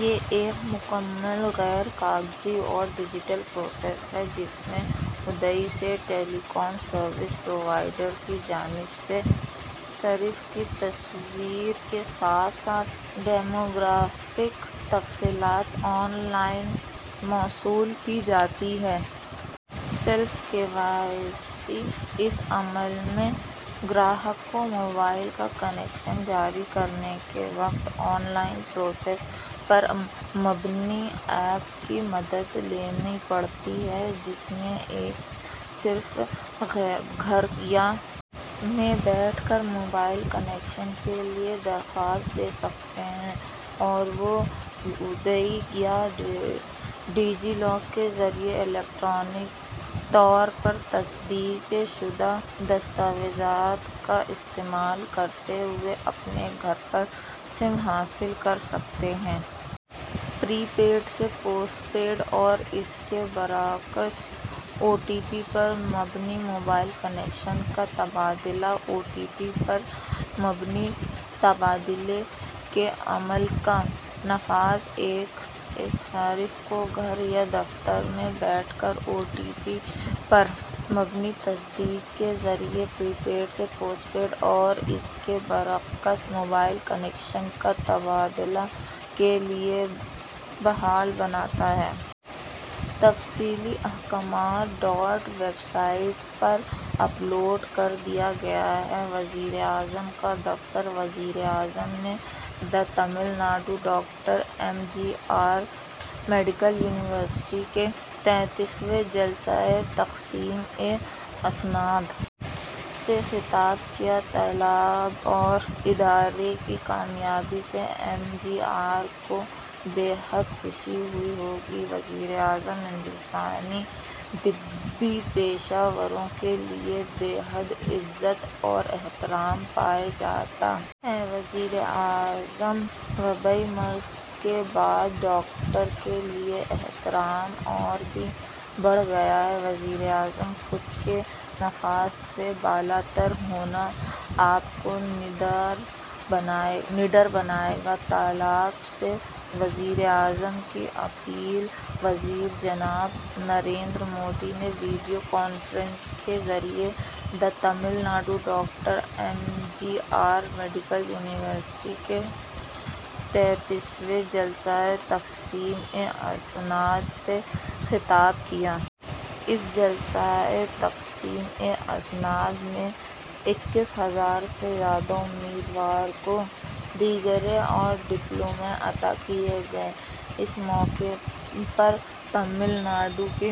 یہ ایک مکمل غیر کاغذی اور ڈیجیٹل پروسیس ہے جس میں U I D A I سے ٹیلی کام سروس پرووائیڈرز کی جانب سے صارف کی تصویر کے ساتھ ساتھ ڈیموگرافک تفصیلات آن لائن موصول کی جاتی ہیں۔ سیلف کے وائی سی اس عمل میں گاہک کو موبائل کا کنیکشن جاری کرنے کے وقت آن لائن پروسیس پر مبنی ایپ کی مدد لینی پڑتی ہے۔ جس میں ایک صارف گھر یا دفتر میں بیٹھ کر موبائل کنیکشن کے لئے درخواست دے سکتا ہے اور وہ U I D A I یا ڈیجی لاکر کے ذریعہ الیکٹرانک طور پر تصدیق شدہ دستاویزات کا استعمال کرتے ہوئے اپنے گھر پر سم حاصل کر سکتا ہے۔ پرپیڈ سے پوسٹ پیڈ اور اس کے برعکس او ٹی پی پر مبنی موبائل کنیکشن کا تبادلہ او ٹی پی پر مبنی تبادلے کے عمل کا نفاذ ایک صارف کو گھر یا دفتر میں بیٹھ کر او ٹی پی پر مبنی تصدیق کے ذریعہ پرپیڈ سے پوسٹ پیڈ اور اس کے برعکس موبائل کنیکشن کے تبادلے کے لئے اہل بناتا ہے۔ تفصیلی احکامات D O T website پر اپلوڈ کر دیا گیا ہے۔ وزیراعظم کا دفتر وزیر اعظم نے the Tamil Nadu doctor M G R medical university کے تینتیسویں جلسہ تقسیم اسناد سے خطاب کیا طلباء اور ادارے کی کامیابی سے ایم جی آر کو بے حد خوشی ہوئی ہوگی وزیر اعظم ہندوستانی طبی پیشہ وروں کے لئے بے حد عزت اور احترام پایا جاتا ہے وزیر اعظم وبائی مرض کے بعد ڈاکٹروں کے لئے احترام اور بھی بڑھ گیا ہے وزیر اعظم خود کے مفاد سے بالا تر ہونا آپ کو نڈر بنائے گا طلباء سے وزیر اعظم کی اپیل وزیر جناب نریندر مودی نے ویڈیو کانفرنس کے ذریعے the Tamil Nadu doctor M G R medical university کے تینتیسویں جلسہ تقسیم اسناد سے خطاب کیا۔ اس جلسہ تقسیم اسناد میں اکیس ہزار سے زیادہ امیدواروں کو ڈگریاں اور ڈپلومے عطا کئے گئے۔ اس موقع پر تمل ناڈو کے